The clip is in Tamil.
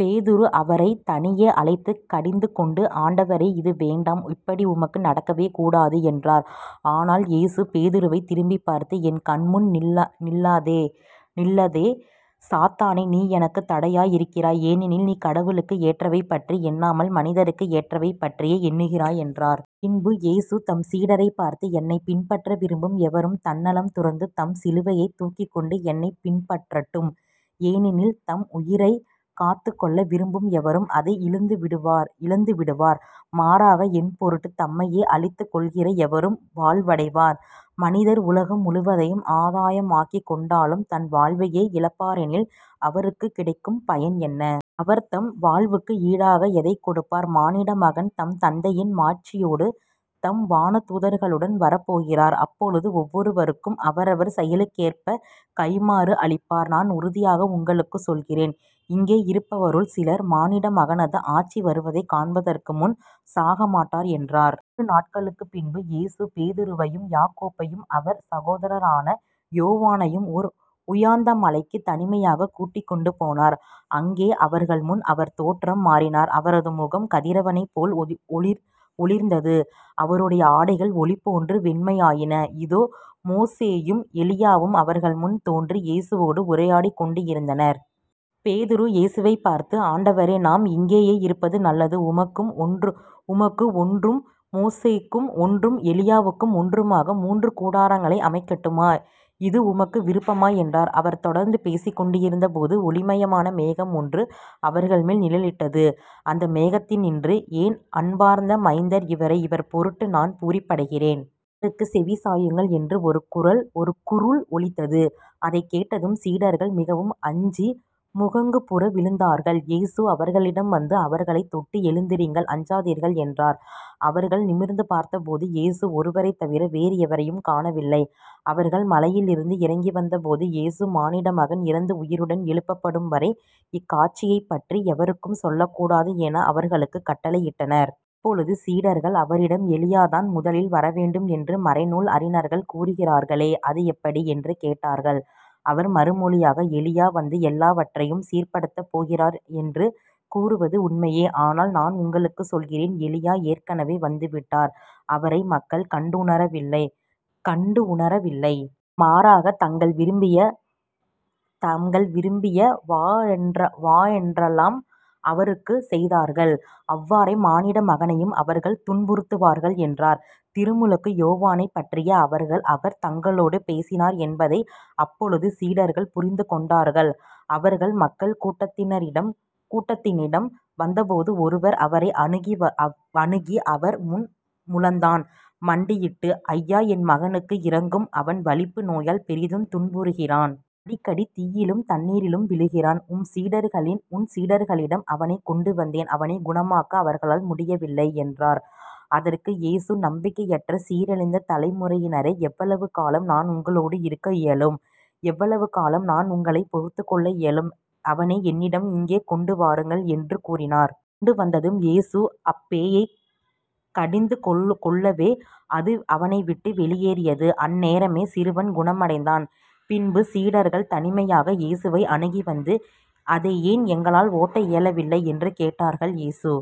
பேதுரு அவரைத் தனியே அழைத்துக் கடிந்துகொண்டு," ஆண்டவரே, இது வேண்டாம். இப்படி உமக்கு நடக்கவே கூடாது" என்றார். ஆனால் இயேசு பேதுருவைத் திரும்பிப் பார்த்து," என் கண்முன் நில்லாதே சாத்தானே, நீ எனக்குத் தடையாய் இருக்கிறாய் ஏனெனில் நீ கடவுளுக்கு ஏற்றவை பற்றி எண்ணாமல் மனிதருக்கு ஏற்றவை பற்றியே எண்ணுகிறாய்" என்றார். பின்பு இயேசு தம் சீடரைப் பார்த்து," என்னைப் பின்பற்ற விரும்பும் எவரும் தன்னலம் துறந்து தம் சிலுவையைத் தூக்கிக்கொண்டு என்னைப் பின்பற்றட்டும். ஏனெனில் தம் உயிரைக் காத்துக் கொள்ள விரும்பும் எவரும் அதை இழந்துவிடுவர். மாறாக என்பொருட்டுத் தம்மையே அழித்துக் கொள்கிற எவரும் வாழ்வடைவார். மனிதர் உலகம் முழுவதையும் ஆதாயமாக்கிக்கொண்டாலும் தம் வாழ்வையே இழப்பாரெனில் அவருக்குக் கிடைக்கும் பயன் என்ன? அவர் தம் வாழ்வுக்கு ஈடாக எதைக் கொடுப்பார். மானிடமகன் தம் தந்தையின் மாட்சியோடு தம் வான தூதர்களுடன் வரப்போகிறார் அப்பொழுது ஒவ்வொருவருக்கும் அவரவர் செயலுக்கேற்பக் கைம்மாறு அளிப்பார். நான் உறுதியாக உங்களுக்குச் சொல்கிறேன் இங்கே இருப்பவருள் சிலர் மானிட மகனது ஆட்சி வருவதைக் காண்பதற்கு முன் சாகமாட்டார்" என்றார். ஆறு நாள்களுக்குப் பின்பு இயேசு பேதுருவையும் யாக்கோபையும் அவர் சகோதரரான யோவானையும் ஓர் உயாந்த மலைக்குத் தனிமையாகக் கூட்டிக்கொண்டு போனார். அங்கே அவர்கள்முன் அவர் தோற்றம் மாறினார். அவரது முகம் கதிரவனைப் போல் ஒளிர்ந்தது. அவருடைய ஆடைகள் ஒளிபோன்று வெண்மையாயின. இதோ. மோசேயும் எலியாவும் அவர்களுக்கு முன் தோன்றி இயேசுவோடு உரையாடிக்கொண்டிருந்தனர். பேதுரு இயேசுவைப் பார்த்து," ஆண்டவரே, நாம் இங்கேயே இருப்பது நல்லது. உமக்கு ஒன்றும் மோசேக்கு ஒன்றும் எலியாவுக்கு ஒன்றுமாக முன்று கூடாரங்களை அமைக்கட்டுமா? இது உமக்கு விருப்பமா? " என்றார். அவர் தொடர்ந்து பேசிக்கொண்டிருந்தபோது ஒளிமயமான மேகம் ஒன்று அவர்கள்மேல் நிழலிட்டது. அந்த மேகத்தினின்று," என் அன்பார்ந்த மைந்தர் இவரே, இவர்பொருட்டு நான் பூரிப்படைகிறேன். இவருக்குச் செவிசாயுங்கள்" என்று ஒரு குருல் ஒலித்தது. அதைக் கேட்டதும் சீடர்கள் மிகவும் அஞ்சி முகங்குப்புற விழுந்தார்கள். இயேசு அவர்களிடம் வந்து அவர்களைத் தொட்டு," எழுந்திருங்கள், அஞ்சாதீர்கள்" என்றார். அவர்கள் நிமிர்ந்து பார்த்தபோது இயேசு ஒருவரைத்தவிர வேறு எவரையும் காணவில்லை. அவர்கள் மலையிலிருந்து இறங்கிவந்தபோது இயேசு,"மானிட மகன் இறந்து உயிருடன் எழுப்பப்படும்வரை இக்காட்சியைப்பற்றி எவருக்கும் சொல்லக்கூடாது" என அவர்களுக்குக் கட்டளையிட்டார். அப்பொழுது சீடர்கள் அவரிடம்," எலியாதான் முதலில் வரவேண்டும் என்று மறைநூல் அறிஞர்கள் கூறுகிறார்களே, அது எப்படி? " என்று கேட்டார்கள். அவர் மறுமொழியாக,"எலியா வந்து எல்லாவற்றையும் சீர்ப்படுத்தப் போகிறார் என்று கூறுவது உண்மையே. ஆனால் நான் உங்களுக்குச் சொல்கிறேன் எலியா ஏற்கெனவே வந்து விட்டார். அவரை மக்கள் கண்டுணரவில்லை. மாறாக, தாங்கள் விரும்பிய வாறெல்லாம் அவருக்குச் செய்தார்கள். அவ்வாறே மானிட மகனையும் அவர்கள் துன்புறுத்துவார்கள் என்றார். திருமுழுக்கு யோவானைப் பற்றியே அவர் தங்களோடு பேசினார் என்பதை அப்பொழுது சீடர்கள் புரிந்து கொண்டார்கள். அவர்கள் மக்கள் கூட்டத்தினிடம் வந்தபோது ஒருவர் அவரை அணுகி அவர் முன் முழந்தாள் படியிட்டு, "ஐயா, என் மகனுக்கு இரங்கும் அவன் வலிப்பு நோயால் பெரிதும் துன்புறுகிறான். அடிக்கடி தீயிலும் தண்ணீரிலும் விழுகிறான். உம் சீடர்களிடம் அவனைக் கொண்டுவந்தேன் அவனைக் குணமாக்க அவர்களால் முடியவில்லை" என்றார். அதற்கு இயேசு," நம்பிக்கையற்ற சீரழிந்த தலைமுறையினரே, எவ்வளவு காலம் நான் உங்களோடு இருக்க இயலும்? எவ்வளவு காலம் நான் உங்களைப் பொறுத்துக் கொள்ள இயலும்? அவனை என்னிடம் இங்கே கொண்டு வாருங்கள்" என்று கூறினார். கொண்டுவந்ததும் இயேசு அப்பேயைக் கடிந்துகொள்ளவே, அது அவனைவிட்டு வெளியேறியது. அந்நேரமே சிறுவன் குணமடைந்தான். பின்பு சீடர்கள் தனிமையாக இயேசுவை அணுகி வந்து," அதை ஏன் எங்களால் ஓட்ட இயலவில்லை? " என்று கேட்டார்கள். இயேசு